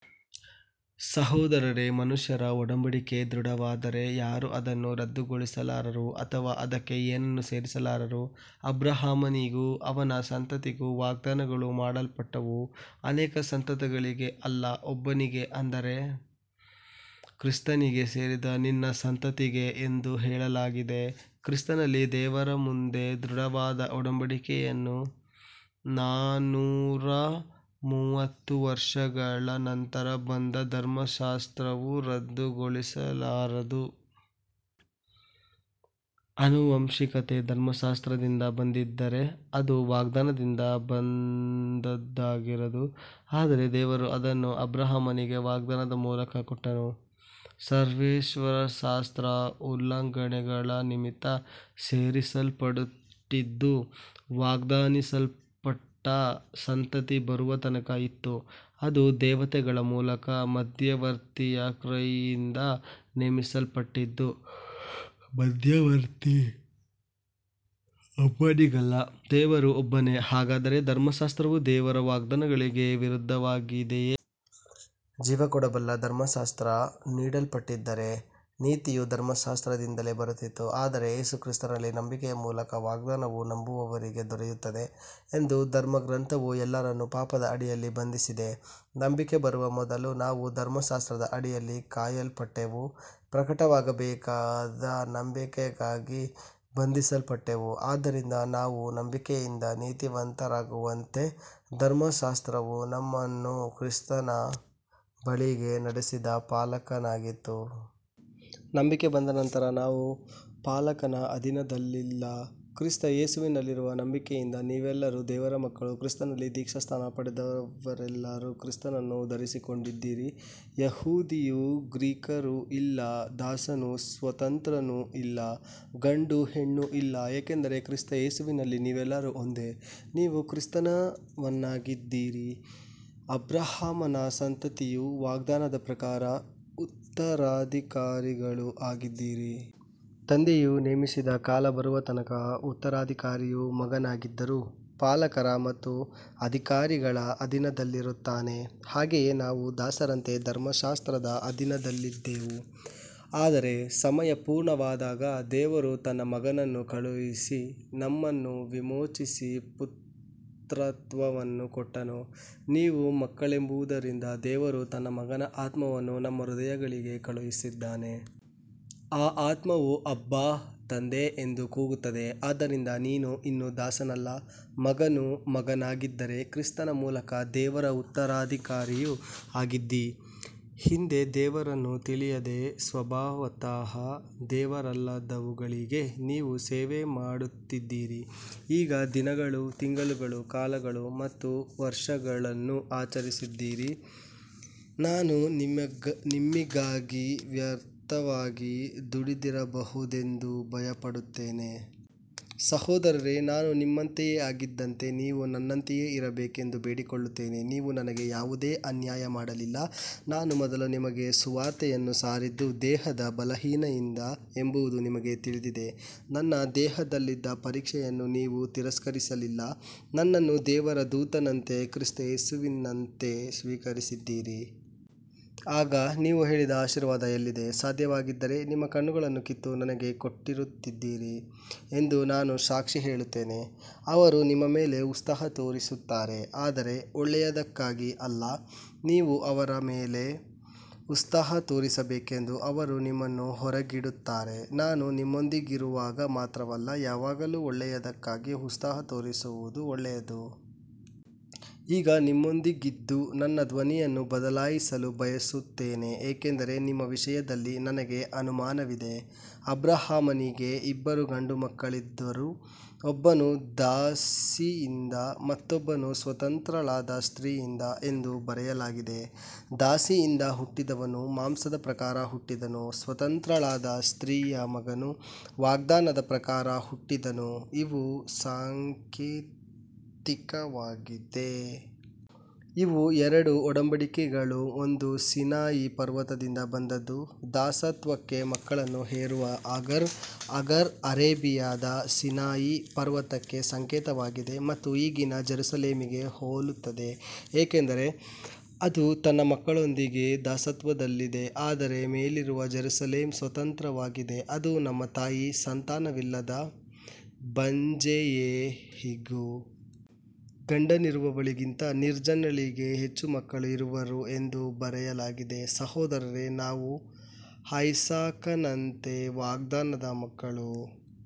ಸಹೋದರರೇ, ಮನುಷ್ಯರ ಒಡಂಬಡಿಕೆ ದೃಢವಾದರೆ ಯಾರೂ ಅದನ್ನು ರದ್ದುಗೊಳಿಸಲಾರರು ಅಥವಾ ಅದಕ್ಕೆ ಏನನ್ನೂ ಸೇರಿಸಲಾರರು. ಅಬ್ರಹಾಮನಿಗೂ ಅವನ ಸಂತತಿಗೂ ವಾಗ್ದಾನಗಳು ಮಾಡಲ್ಪಟ್ಟವು. ಅನೇಕ ಸಂತತಿಗಳಿಗೆ ಅಲ್ಲ, ಒಬ್ಬನಿಗೆ, ಅಂದರೆ ಕ್ರಿಸ್ತನಿಗೆ ಸೇರಿದ ನಿನ್ನ ಸಂತತಿಗೆ ಎಂದು ಹೇಳಲಾಗಿದೆ. ಕ್ರಿಸ್ತನಲ್ಲಿ ದೇವರ ಮುಂದೆ ದೃಢವಾದ ಒಡಂಬಡಿಕೆಯನ್ನು ನಾನೂರ ಮೂವತ್ತು ವರ್ಷಗಳ ನಂತರ ಬಂದ ಧರ್ಮಶಾಸ್ತ್ರವು ರದ್ದುಗೊಳಿಸಲಾರದು. ಆನುವಂಶಿಕತೆ ಧರ್ಮಶಾಸ್ತ್ರದಿಂದ ಬಂದಿದ್ದರೆ ಅದು ವಾಗ್ದಾನದಿಂದ ಬಂದದ್ದಾಗಿರದು, ಆದರೆ ದೇವರು ಅದನ್ನು ಅಬ್ರಹಾಮನಿಗೆ ವಾಗ್ದಾನದ ಮೂಲಕ ಕೊಟ್ಟನು. ಧರ್ಮಶಾಸ್ತ್ರವು ಉಲ್ಲಂಘನೆಗಳ ನಿಮಿತ್ತ ಸೇರಿಸಲ್ಪಟ್ಟಿದ್ದು, ವಾಗ್ದಾನಿಸಲ್ಪಟ್ಟ ಸಂತತಿ ಬರುವ ತನಕ ಇತ್ತು. ಅದು ದೇವತೆಗಳ ಮೂಲಕ ಮಧ್ಯವರ್ತಿಯ ಕೈಯಿಂದ ನೇಮಿಸಲ್ಪಟ್ಟಿತು. ಮಧ್ಯವರ್ತಿ ಒಬ್ಬನಿಗಲ್ಲ, ದೇವರು ಒಬ್ಬನೇ. ಹಾಗಾದರೆ ಧರ್ಮಶಾಸ್ತ್ರವು ದೇವರ ವಾಗ್ದಾನಗಳಿಗೆ ವಿರುದ್ಧವಾಗಿದೆಯೇ. ಜೀವಕೊಡಬಲ್ಲ ಧರ್ಮಶಾಸ್ತ್ರ ನೀಡಲ್ಪಟ್ಟಿದ್ದರೆ ನೀತಿಯು ಧರ್ಮಶಾಸ್ತ್ರದಿಂದಲೇ ಬರುತ್ತಿತ್ತು. ಆದರೆ ಯೇಸು ಕ್ರಿಸ್ತನಲ್ಲಿ ನಂಬಿಕೆಯ ಮೂಲಕ ವಾಗ್ದಾನವು ನಂಬುವವರಿಗೆ ದೊರೆಯುತ್ತದೆ ಎಂದು ಧರ್ಮಗ್ರಂಥವು ಎಲ್ಲರನ್ನೂ ಪಾಪದ ಅಡಿಯಲ್ಲಿ ಬಂಧಿಸಿದೆ. ನಂಬಿಕೆ ಬರುವ ಮೊದಲು ನಾವು ಧರ್ಮಶಾಸ್ತ್ರದ ಅಡಿಯಲ್ಲಿ ಕಾಯಲ್ಪಟ್ಟೆವು, ಪ್ರಕಟವಾಗಬೇಕಾದ ನಂಬಿಕೆಗಾಗಿ ಬಂಧಿಸಲ್ಪಟ್ಟೆವು. ಆದ್ದರಿಂದ ನಾವು ನಂಬಿಕೆಯಿಂದ ನೀತಿವಂತರಾಗುವಂತೆ ಧರ್ಮಶಾಸ್ತ್ರವು ನಮ್ಮನ್ನು ಕ್ರಿಸ್ತನ ಬಳಿಗೆ ನಡೆಸಿದ ಪಾಲಕನಾಗಿತ್ತು. ನಂಬಿಕೆ ಬಂದ ನಂತರ ನಾವು ಪಾಲಕನ ಅಧೀನದಲ್ಲಿಲ್ಲ. ಕ್ರಿಸ್ತ ಯೇಸುವಿನಲ್ಲಿರುವ ನಂಬಿಕೆಯಿಂದ ನೀವೆಲ್ಲರೂ ದೇವರ ಮಕ್ಕಳು. ಕ್ರಿಸ್ತನಲ್ಲಿ ದೀಕ್ಷಾಸ್ನಾನ ಪಡೆದವರೆಲ್ಲರೂ ಕ್ರಿಸ್ತನನ್ನು ಧರಿಸಿಕೊಂಡಿದ್ದೀರಿ. ಯಹೂದಿಯೂ ಗ್ರೀಕರೂ ಇಲ್ಲ, ದಾಸನೂ ಸ್ವತಂತ್ರನೂ ಇಲ್ಲ, ಗಂಡೂ ಹೆಣ್ಣೂ ಇಲ್ಲ, ಏಕೆಂದರೆ ಕ್ರಿಸ್ತ ಯೇಸುವಿನಲ್ಲಿ ನೀವೆಲ್ಲರೂ ಒಂದೇ. ನೀವು ಕ್ರಿಸ್ತನವರಾಗಿದ್ದರೆ ಅಬ್ರಹಾಮನ ಸಂತತಿಯೂ ವಾಗ್ದಾನದ ಪ್ರಕಾರ ಉತ್ತರಾಧಿಕಾರಿಗಳೂ ಆಗಿದ್ದೀರಿ. ತಂದೆಯು ನೇಮಿಸಿದ ಕಾಲ ಬರುವ ತನಕ ಉತ್ತರಾಧಿಕಾರಿಯು ಮಗನಾಗಿದ್ದರೂ ಪಾಲಕರ ಮತ್ತು ಅಧಿಕಾರಿಗಳ ಅಧೀನದಲ್ಲಿರುತ್ತಾನೆ. ಹಾಗೆಯೇ ನಾವು ದಾಸರಂತೆ ಧರ್ಮಶಾಸ್ತ್ರದ ಅಧೀನದಲ್ಲಿದ್ದೆವು, ಆದರೆ ಸಮಯ ಪೂರ್ಣವಾದಾಗ ದೇವರು ತನ್ನ ಮಗನನ್ನು ಕಳುಹಿಸಿ ನಮ್ಮನ್ನು ವಿಮೋಚಿಸಿ ಪುತ್ರತ್ವವನ್ನು ಕೊಟ್ಟನು. ನೀವು ಮಕ್ಕಳೆಂಬುದರಿಂದ ದೇವರು ತನ್ನ ಮಗನ ಆತ್ಮವನ್ನು ನಮ್ಮ ಹೃದಯಗಳಿಗೆ ಕಳುಹಿಸಿದ್ದಾನೆ. ಆ ಆತ್ಮವು ಅಬ್ಬಾ ತಂದೆ ಎಂದು ಕೂಗುತ್ತದೆ. ಆದ್ದರಿಂದ ನೀನು ಇನ್ನು ದಾಸನಲ್ಲ, ಮಗನು. ಮಗನಾಗಿದ್ದರೆ ಕ್ರಿಸ್ತನ ಮೂಲಕ ದೇವರ ಉತ್ತರಾಧಿಕಾರಿಯೂ ಆಗಿದ್ದೀ. ಹಿಂದೆ ದೇವರನ್ನು ತಿಳಿಯದೆ ಸ್ವಭಾವತಃ ದೇವರಲ್ಲದವುಗಳಿಗೆ ನೀವು ಸೇವೆ ಮಾಡುತ್ತಿದ್ದಿರಿ. ಈಗ ದಿನಗಳು, ತಿಂಗಳುಗಳು, ಕಾಲಗಳು ಮತ್ತು ವರ್ಷಗಳನ್ನು ಆಚರಿಸುತ್ತೀರಿ. ನಾನು ನಿಮ್ಮಿಗಾಗಿ ವ್ಯರ್ಥವಾಗಿ ದುಡಿದಿರಬಹುದೆಂದು ಭಯಪಡುತ್ತೇನೆ. ಸಹೋದರರೇ, ನಾನು ನಿಮ್ಮಂತೆಯೇ ಆಗಿದ್ದಂತೆ ನೀವು ನನ್ನಂತೆಯೇ ಇರಬೇಕೆಂದು ಬೇಡಿಕೊಳ್ಳುತ್ತೇನೆ. ನೀವು ನನಗೆ ಯಾವುದೇ ಅನ್ಯಾಯ ಮಾಡಲಿಲ್ಲ. ನಾನು ಮೊದಲು ನಿಮಗೆ ಸುವಾರ್ತೆಯನ್ನು ಸಾರಿದ್ದು ದೇಹದ ಬಲಹೀನತೆಯಿಂದ ಎಂಬುದು ನಿಮಗೆ ತಿಳಿದಿದೆ. ನನ್ನ ದೇಹದಲ್ಲಿದ್ದ ಪರೀಕ್ಷೆಯನ್ನು ನೀವು ತಿರಸ್ಕರಿಸಲಿಲ್ಲ, ನನ್ನನ್ನು ದೇವರ ದೂತನಂತೆ, ಕ್ರಿಸ್ತ ಯೇಸುವಿನಂತೆ ಸ್ವೀಕರಿಸಿದ್ದೀರಿ. ಆಗ ನೀವು ಹೇಳಿದ ಆಶೀರ್ವಾದ ಎಲ್ಲಿದೆ. ಸಾಧ್ಯವಾಗಿದ್ದರೆ ನಿಮ್ಮ ಕಣ್ಣುಗಳನ್ನು ಕಿತ್ತು ನನಗೆ ಕೊಟ್ಟಿರುತ್ತಿದ್ದಿರಿ ಎಂದು ನಾನು ಸಾಕ್ಷಿ ಹೇಳುತ್ತೇನೆ. ಅವರು ನಿಮ್ಮ ಮೇಲೆ ಉತ್ಸಾಹ ತೋರಿಸುತ್ತಾರೆ, ಆದರೆ ಒಳ್ಳೆಯದಕ್ಕಾಗಿ ಅಲ್ಲ. ನೀವು ಅವರ ಮೇಲೆ ಉತ್ಸಾಹ ತೋರಿಸಬೇಕೆಂದು ಅವರು ನಿಮ್ಮನ್ನು ಹೊರಗಿಡುತ್ತಾರೆ. ನಾನು ನಿಮ್ಮೊಂದಿಗಿರುವಾಗ ಮಾತ್ರವಲ್ಲ, ಯಾವಾಗಲೂ ಒಳ್ಳೆಯದಕ್ಕಾಗಿ ಉತ್ಸಾಹ ತೋರಿಸುವುದು ಒಳ್ಳೆಯದು. ಈಗ ನಿಮ್ಮೊಂದಿಗಿದ್ದು ನನ್ನ ಧ್ವನಿಯನ್ನು ಬದಲಾಯಿಸಲು ಬಯಸುತ್ತೇನೆ, ಏಕೆಂದರೆ ನಿಮ್ಮ ವಿಷಯದಲ್ಲಿ ನನಗೆ ಅನುಮಾನವಿದೆ. ಅಬ್ರಹಾಮನಿಗೆ ಇಬ್ಬರು ಗಂಡುಮಕ್ಕಳಿದ್ದರು, ಒಬ್ಬನು ದಾಸಿಯಿಂದ, ಮತ್ತೊಬ್ಬನು ಸ್ವತಂತ್ರಳಾದ ಸ್ತ್ರೀಯಿಂದ ಎಂದು ಬರೆಯಲಾಗಿದೆ. ದಾಸಿಯಿಂದ ಹುಟ್ಟಿದವನು ಮಾಂಸದ ಪ್ರಕಾರ ಹುಟ್ಟಿದನು, ಸ್ವತಂತ್ರಳಾದ ಸ್ತ್ರೀಯ ಮಗನು ವಾಗ್ದಾನದ ಪ್ರಕಾರ ಹುಟ್ಟಿದನು. ಇವು ಸಾಂಕೇತಿಕವಾಗಿವೆ. ಇವು ಎರಡು ಒಡಂಬಡಿಕೆಗಳು. ಒಂದು ಸೀನಾಯಿ ಪರ್ವತದಿಂದ ಬಂದದ್ದು, ದಾಸತ್ವಕ್ಕೆ ಮಕ್ಕಳನ್ನು ಹೆರುವ ಅಗರ್. ಅಗರ್ ಅರೇಬಿಯಾದ ಸೀನಾಯಿ ಪರ್ವತಕ್ಕೆ ಸಂಕೇತವಾಗಿದೆ ಮತ್ತು ಈಗಿನ ಜೆರುಸಲೇಮಿಗೆ ಹೋಲುತ್ತದೆ, ಏಕೆಂದರೆ ಅದು ತನ್ನ ಮಕ್ಕಳೊಂದಿಗೆ ದಾಸತ್ವದಲ್ಲಿದೆ. ಆದರೆ ಮೇಲಿರುವ ಜೆರುಸಲೇಮ್ ಸ್ವತಂತ್ರವಾಗಿದೆ, ಅದು ನಮ್ಮ ತಾಯಿ. ಸಂತಾನವಿಲ್ಲದ ಬಂಜೆಯೇ, ಹಿಗ್ಗು. ಗಂಡನಿರುವವಳಿಗಿಂತ ನಿರ್ಜನಳಿಗೆ ಹೆಚ್ಚು ಮಕ್ಕಳು ಇರುವರು ಎಂದು ಬರೆಯಲಾಗಿದೆ. ಸಹೋದರರೇ, ನಾವು ಐಸಾಕನಂತೆ ವಾಗ್ದಾನದ ಮಕ್ಕಳು.